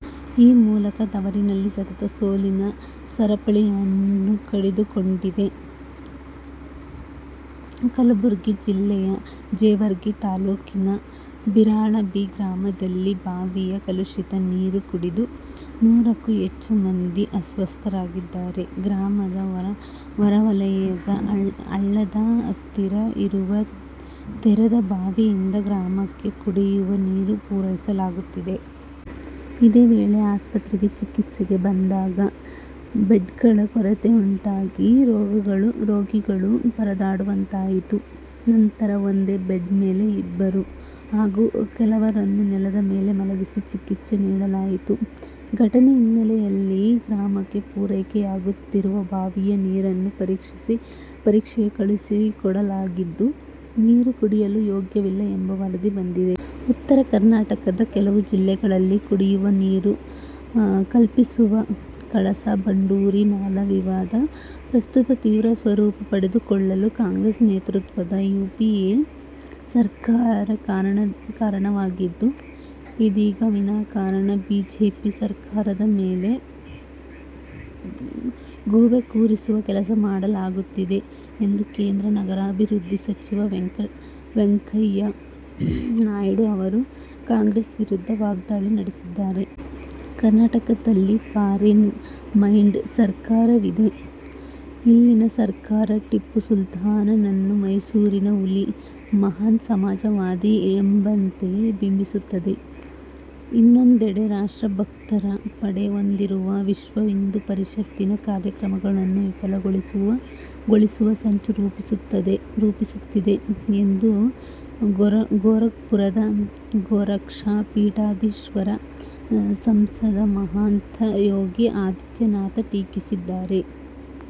ಈ ಮೂಲಕ ತವರಿನಲ್ಲಿ ಸತತ ಸೋಲಿನ ಸರಪಳಿಯನ್ನು ಕಡಿದುಕೊಂಡಿದೆ. ಕಲಬುರಗಿ ಜಿಲ್ಲೆ ಜೇವರ್ಗಿ ತಾಲೂಕಿನ ಬಿರಾಳ ಬಿ. ಗ್ರಾಮದಲ್ಲಿ ಬಾವಿಯ ಕಲುಷಿತ ನೀರು ಕುಡಿದು ನೂರಕ್ಕೂ ಹೆಚ್ಚು ಮಂದಿ ಅಸ್ವಸ್ಥರಾಗಿದ್ದಾರೆ. ಗ್ರಾಮದ ಹೊರವಲಯದ ಹಳ್ಳದ ಹತ್ತಿರ ಇರುವ ತೆರೆದ ಬಾವಿಯಿಂದ ಗ್ರಾಮಕ್ಕೆ ಕುಡಿಯುವ ನೀರು ಪೂರೈಸಲಾಗುತ್ತಿದೆ. ಇದೇ ವೇಳೆ, ಆಸ್ಪತ್ರೆಗೆ ಚಿಕಿತ್ಸೆಗೆ ಬಂದಾಗ ಬೆಡ್ಗಳ ಕೊರತೆಯುಂಟಾಗಿ ರೋಗಿಗಳು ಪರದಾಡುವಂತಾಯಿತು. ನಂತರ, ಒಂದೇ ಬೆಡ್ ಮೇಲೆ ಇಬ್ಬರನ್ನು ಹಾಗೂ ಕೆಲವರನ್ನು ನೆಲದ ಮೇಲೆ ಮಲಗಿಸಿ ಚಿಕಿತ್ಸೆ ನೀಡಲಾಯಿತು. ಘಟನೆ ಹಿನ್ನೆಲೆಯಲ್ಲಿ ಗ್ರಾಮಕ್ಕೆ ಪೂರೈಕೆಯಾಗುತ್ತಿರುವ ಬಾವಿಯ ನೀರನ್ನು ಪರೀಕ್ಷೆಗೆ ಕಳುಹಿಸಿಕೊಡಲಾಗಿದ್ದು, ನೀರು ಕುಡಿಯಲು ಯೋಗ್ಯವಿಲ್ಲ ಎಂಬ ವರದಿ ಬಂದಿದೆ. "ಉತ್ತರ ಕರ್ನಾಟಕದ ಕೆಲವು ಜಿಲ್ಲೆಗಳಿಗೆ ಕುಡಿಯುವ ನೀರು ಕಲ್ಪಿಸುವ ಕಳಸಾ- ಬಂಡೂರಿ ನಾಲಾ ವಿವಾದ ಪ್ರಸ್ತುತ ತೀವ್ರ ಸ್ವರೂಪ ಪಡೆದುಕೊಳ್ಳಲು ಕಾಂಗ್ರೆಸ್ ನೇತೃತ್ವದ ಯುಪಿಎ ಸರ್ಕಾರ ಕಾರಣವಾಗಿದ್ದು, ಇದೀಗ ವಿನಾಕಾರಣ ಬಿಜೆಪಿ ಸರ್ಕಾರದ ಮೇಲೆ ಗೂಬೆ ಕೂರಿಸುವ ಕೆಲಸ ಮಾಡಲಾಗುತ್ತಿದೆ' ಎಂದು ಕೇಂದ್ರ ನಗರಾಭಿವೃದ್ಧಿ ಸಚಿವ ವೆಂಕಯ್ಯ ನಾಯ್ಡು ಅವರು ಕಾಂಗ್ರೆಸ್ ವಿರುದ್ಧ ವಾಗ್ಧಾಳಿ ನಡೆಸಿದ್ದಾರೆ. ಕರ್ನಾಟಕದಲ್ಲಿ "ಫಾರಿನ್ ಮೈಂಡ್' ಸರ್ಕಾರವಿದೆ. ಇಲ್ಲಿನ ಸರ್ಕಾರ ಟಿಪ್ಪು ಸುಲ್ತಾನ್ನನ್ನು ಮೈಸೂರಿನ ಹುಲಿ, ಮಹಾನ್ ಸಮಾಜ ವಾದಿ ಎಂಬಂತೆ ಬಿಂಬಿಸುತ್ತಿದೆ. ಇನ್ನೊಂದೆಡೆ ರಾಷ್ಟ್ರಭಕ್ತರ ಪಡೆ ಹೊಂದಿರುವ ವಿಶ್ವ ಹಿಂದೂ ಪರಿಷತ್ತಿನ ಕಾರ್ಯಕ್ರಮಗಳನ್ನು ವಿಫಲಗೊಳಿಸುವ ಸಂಚು ರೂಪಿಸುತ್ತಿದೆ ಎಂದು ಗೋರಖ್ಪುರದ ಗೋರಕ್ಷಾ ಪೀಠಾಧೀಶ್ವರ, ಸಂಸದ ಮಹಾಂತ ಯೋಗಿ ಆದಿತ್ಯನಾಥ ಟೀಕಿಸಿದ್ದಾರೆ.